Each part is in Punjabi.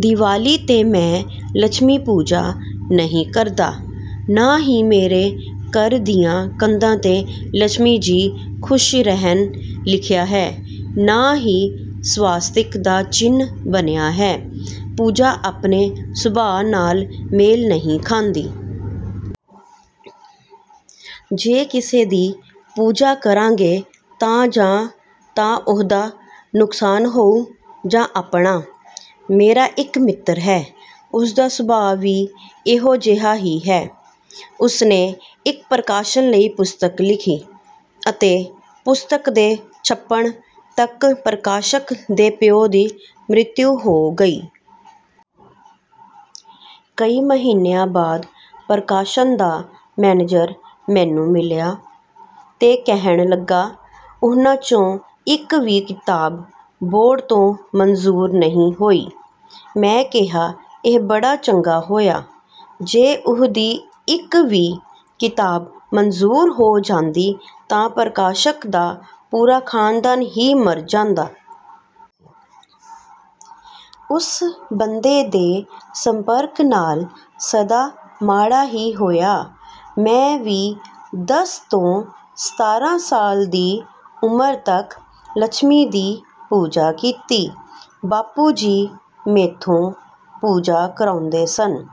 ਦਿਵਾਲੀ ਤੇ ਮੈਂ ਲੱਛਮੀ ਪੂਜਾ ਨਹੀਂ ਕਰਦਾ। ਨਾਂ ਹੀ ਮੇਰੇ ਘਰ ਦੀਆਂ ਕੰਧਾਂ ਤੇ 'ਲੱਛਮੀ ਜੀ ਖੁਸ਼ ਰਹਿਣ' ਲਿਖਿਆ ਹੈ ਨਾਂ ਹੀ ਸਵਾਸਤਿਕ ਦਾ ਚਿੰਨ ਬਨਿਆ ਹੈ। ਪੂਜਾ ਆਪਣੇ ਸੁਭਾਅ ਨਾਲ ਮੇਲ ਨਹੀਂ ਖਾਂਦੀ। ਜੇ ਕਿਸੇ ਦੀ ਪੂਜਾ ਕਰਾਂਗੇ ਤਾਂ ਜਾਂ ਤਾਂ ਉਹਦਾ ਨੁਕਸਾਨ ਹੋਊ ਜਾਂ ਆਪਣਾ। ਮੇਰਾ ਇੱਕ ਮਿੱਤਰ ਹੈ ਉਸਦਾ ਸੁਭਾਅ ਵੀ ਇਹੋ ਜਿਹਾ ਹੀ ਹੈ। ਉਸਨੇ ਇੱਕ ਪ੍ਰਕਾਸ਼ਨ ਲਈ ਪੁਸਤਕ ਲਿਖੀ ਅਤੇ ਪੁਸਤਕ ਦੇ ਛਪਣ ਤੱਕ ਪ੍ਰਕਾਸ਼ਕ ਦੇ ਪਿਉ ਦੀ ਮ੍ਰਿਤਯੂ ਹੋ ਗਈ। ਕਈ ਮਹੀਨਿਆਂ ਬਾਅਦ ਪ੍ਰਕਾਸ਼ਨ ਦਾ ਮੈਨੇਜਰ ਮੈਨੂੰ ਮਿਲ਼ਿਆ, ਤੇ ਕਹਿਣ ਲੱਗਾ ਉਹਨਾਂ 'ਚੋਂ ਇੱਕ ਵੀ ਕਿਤਾਬ ਬੋਰਡ ਤੋਂ ਮਨਜ਼ੂਰ ਨਹੀਂ ਹੋਈ। ਮੈਂ ਕਿਹਾ ਇਹ ਬੜਾ ਚੰਗਾ ਹੋਇਆ। ਜੇ ਉਹਦੀ ਇੱਕ ਵੀ ਕਿਤਾਬ ਮਨਜ਼ੂਰ ਹੋ ਜਾਂਦੀ ਤਾਂ ਪ੍ਰਕਾਸ਼ਕ ਦਾ ਪੂਰਾ ਖਾਨਦਾਨ ਹੀ ਮਰ ਜਾਂਦਾ। ਓਸ ਬੰਦੇ ਦੇ ਸੰਪਰਕ ਨਾਲ਼ ਸਦਾ ਮਾੜਾ ਹੀ ਹੋਇਆ। ਮੈਂ ਵੀ ਦਸ ਤੋਂ ਸਤਾਰ੍ਹਾਂ ਸਾਲ ਦੀ ਉਮਰ ਤੱਕ ਲੱਛਮੀ ਦੀ ਪੂਜਾ ਕੀਤੀ। ਬਾਪੂ ਜੀ ਮੈਥੋਂ ਪੂਜਾ ਕਰਾਉਂਦੇ ਸਨ।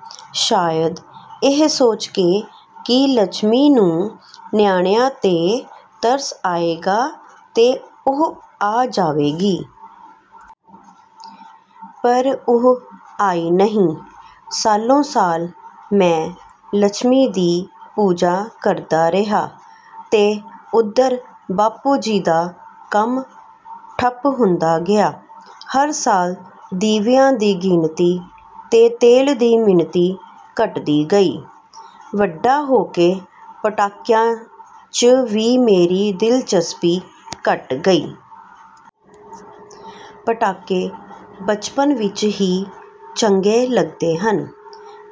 ਸ਼ਾਇਦ ਇਹ ਸੋਚਕੇ ਕਿ ਲੱਛਮੀ ਨੂੰ ਨਿਆਣਿਆਂ ਤੇ ਤਰਸ ਆਏਗਾ ਤੇ ਉਹ ਆ ਜਾਵੇਗੀ। ਪਰ ਉਹ ਆਈ ਨਹੀਂ। ਸਾਲੋ-ਸਾਲ ਮੈਂ ਲੱਛਮੀ ਦੀ ਪੂਜਾ ਕਰਦਾ ਰਿਹਾ ਤੇ ਓਧਰ ਬਾਪੂ ਜੀ ਦਾ ਕੰਮ ਠੱਪ ਹੁੰਦਾ ਗਿਆ। ਹਰ ਸਾਲ ਦੀਵਿਆਂ ਦੀ ਗਿਣਤੀ ਤੇ ਤੇਲ ਦੀ ਮਿਣਤੀ ਘਟਦੀ ਗਈ। ਵੱਡਾ ਹੋ ਕੇ ਪਟਾਕਿਆਂ 'ਚ ਵੀ ਮੇਰੀ ਦਿਲਚਸਪੀ ਘਟ ਗਈ। ਪਟਾਕੇ ਬਚਪਨ ਵਿੱਚ ਹੀ ਚੰਗੇ ਲੱਗਦੇ ਹਨ।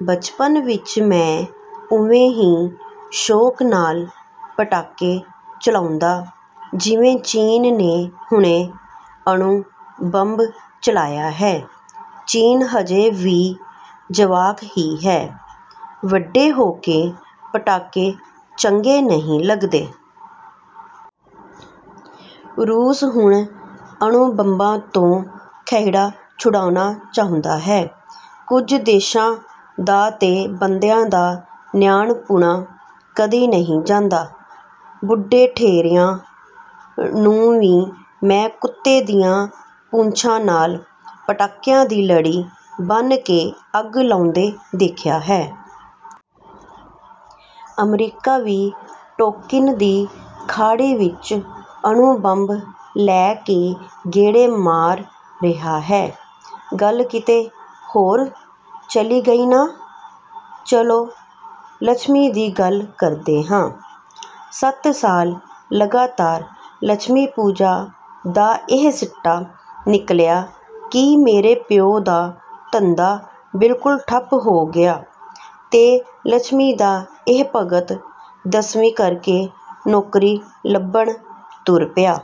ਬਚਪਨ ਵਿੱਚ ਮੈਂ ਉਵੇਂ ਹੀ ਸ਼ੌਂਕ ਨਾਲ਼ ਪਟਾਕੇ ਚਲਾਉਂਦਾ ਜਿਵੇਂ ਚੀਨ ਨੇ ਹੁਣੇ ਅਣੂ ਬੰਬ ਚਲਾਇਆ ਹੈ। ਚੀਨ ਹਜੇ ਵੀ ਜਵਾਕ ਹੀ ਹੈ। ਵੱਡੇ ਹੋ ਕੇ ਪਟਾਕੇ ਚੰਗੇ ਨਹੀਂ ਲੱਗਦੇ। ਰੂਸ ਹੁਣ ਅਣੂ ਬੰਬਾਂ ਤੋਂ ਖਹਿੜਾ ਛਡਾਉਣਾ ਚਾਹੁੰਦਾ ਹੈ। ਕੁਝ ਦੇਸ਼ਾਂ ਦਾ ਤੇ ਬੰਦਿਆਂ ਦਾ ਨਿਆਣਪੁਣਾ ਕਦੀ ਨਹੀਂ ਜਾਂਦਾ। ਬੁੱਢੇ ਠੇਰਿਆਂ ਨੂੰ ਵੀ ਮੈਂ ਕੁੱਤੇ ਦੀਆਂ ਪੂਛਾਂ ਨਾਲ਼ ਪਟਾਕਿਆਂ ਦੀ ਲੜੀ ਬੰਨ ਕੇ ਅੱਗ ਲਾਉਂਦੇ ਦੇਖਿਆ ਹੈ। ਅਮਰੀਕਾ ਵੀ ਟੋਕਿਨ ਦੀ ਖਾੜੀ ਵਿੱਚ ਅਣੂ ਬੰਬ ਲੈ ਕੇ ਗੇੜੇ ਮਾਰ ਰਿਹਾ ਹੈ। ਗੱਲ ਕਿਤੇ ਹੋਰ ਚਲੀ ਗਈ ਨਾ? ਚਲੋ, ਲੱਛਮੀ ਦੀ ਗੱਲ ਕਰਦੇ ਹਾਂ। ਸੱਤ ਸਾਲ ਲਗਾਤਾਰ ਲੱਛਮੀ ਪੂਜਾ ਦਾ ਇਹ ਸਿੱਟਾ ਨਿੱਕਲਿਆ ਕਿ ਮੇਰੇ ਪਿਉ ਦਾ ਧੰਦਾ ਬਿਲਕੁਲ ਠੱਪ ਹੋ ਗਿਆ ਤੇ ਲੱਛਮੀ ਦਾ ਇਹ 'ਭਗਤ' ਦਸਵੀਂ ਕਰਕੇ ਨੌਕਰੀ ਲੱਭਣ ਤੁਰ ਪਿਆ।